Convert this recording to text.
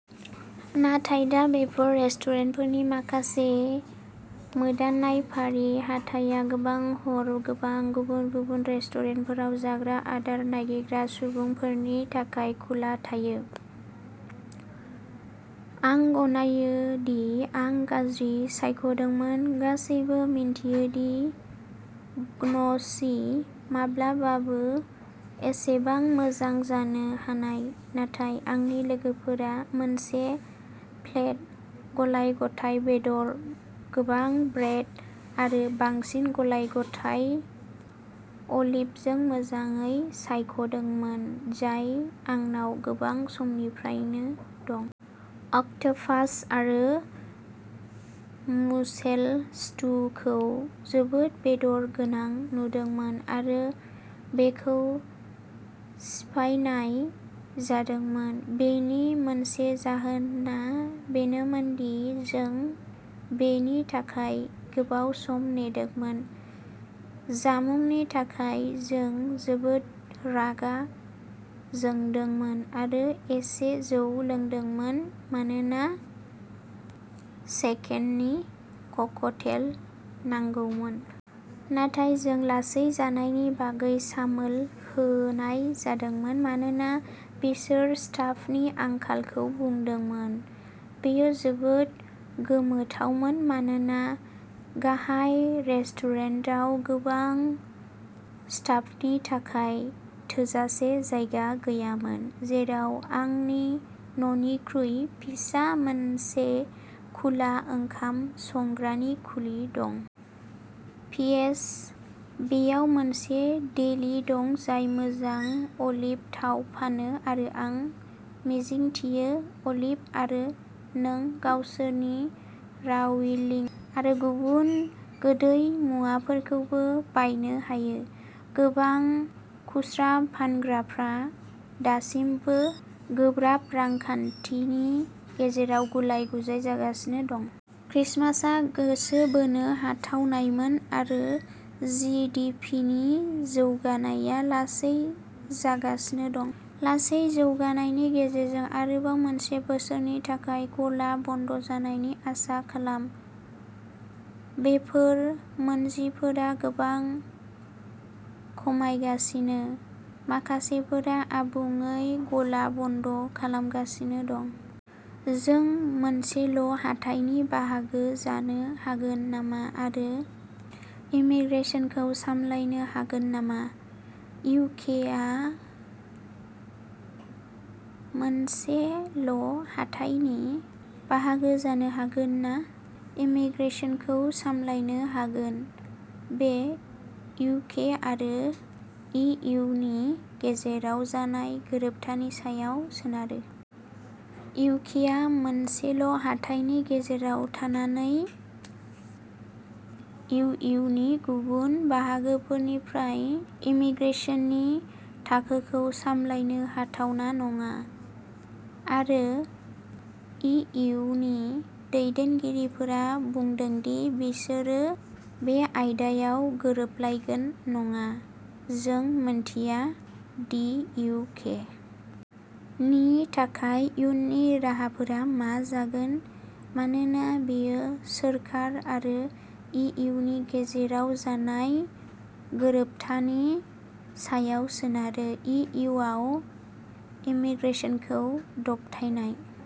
नाथाय दा बेयो रेस्टुरेन्टफोरनि माखासे मोदाननाय फारि। हाथाइया गोबां हराव गोबां गुबुन-गुबुन रेस्टुरेन्टफोराव जाग्रा आदार नागिरग्रा सुबुंफोरनि थाखाय खुला थायो। आं गनायो दि आं गाज्रि सायख'दोंमोन-गासैबो मिथियो दि ग्नोचि माब्लाबाबो एसेबां मोजां जानो हाया-नाथाय आंनि लोगोफोरा मोनसे प्लेट गलाय-गथाय बेदर, गोबां ब्रेड आरो साबसिन गलाय-गथाय अलिभजों मोजाङै सायख'दोंमोन, जाय आंनाव गोबाव समनिफ्रायनो दं। अक्ट'पास आरो मुसेल स्टुखौ जोबोद बेदर गोनां नुदोंमोन आरो बेखौ सिफायनाय जादोंमोन। बेनि मोनसे जाहोना बेनोमोन दि जों बेनि थाखाय गोबाव सम नेदोंमोन। जामुंनि थाखाय जों जोबोद रागा जोंदोंमोन आरो एसे जौ लोंदोंमोन, मानोना सेकेन्दनि ककटेल नांगौमोन। नाथाय जोंखौ लासै जानायनि बागै सामोल होनाय जादोंमोन-मानोना बिसोरो स्टाफनि आंखालखौ बुंदोंमोन। बेयो जोबोद गोमोथावमोन मानोना गाहाय रेस्टुरेन्टाव गोबां स्टाफनि थाखाय थोजासे जायगा गैयामोन, जेराव आंनि न'निख्रुइ फिसा मोनसे खुला ओंखाम संग्रानि खुलि दं। पि. एस. बेवहाय मोनसे डेली दं जाय मोजां अलिभ थाव फानो आरो आं मिजिंथियो अलिभ आरो नों गावसोरनि राविय'लि आरो गुबुन गोदै मुवाफोरखौबो बायनो हायो। गोबां खुस्रा फानग्राफ्रा दासिमबो गोब्राब रांखान्थिनि गेजेराव गुलाय-गुजाय जागासिनो दं। क्रिसमासआ गोसो बायथावनामोन आरो जि. डि. पि. नि जौगानाया लासै जागासिनो दं। लासै जौगानायनि गेजेराव आरोबाव मोनसे बोसोरनि थाखाय गला बन्द जानायनि आसा खालाम। बेफोर मोनजिफोरा गोबां खमायगासिनो; माखासेफोरा आबुङै गला बन्द खालामगासिनो दं। जों मोनसेल'हाथाइनि बाहागो जानो हागोन नामा आरो इमीग्रेसनखौ सामलायनो हागोन नामा? इउ. के. आ मोनसेल'हाथाइनि बाहागो जानो हागोन ना इमीग्रेसनखौ सामलायनो हागोन। बेयो इउ. के. आरो इ. इउ. नि गेजेराव जानाय गोरोबथानि सायाव सोनारो। इउ. के. आ मोनसेल'हाथाइनि गेजेराव थानानै इउ. इउ. नि गुबुन बाहागोफोरनिफ्राय इमीग्रेसननि थाखोखौ सामलायनो हाथावना नङा, आरो इ. इउ. नि दैदेनगिरिफोरा बुंदों दि बिसोरो बे आयदायाव गोरोबलायगोन नङा। जों मिथिया दि इउ. के. नि थाखाय इयुननि राहाफोरा मा जागोन मानोना बेयो सोरखार आरो इ. इउ. नि गेजेराव जानाय गोरोबथानि सायाव सोनारो। इ. इउ. आव इमीग्रेसनखौ दबथायनाय।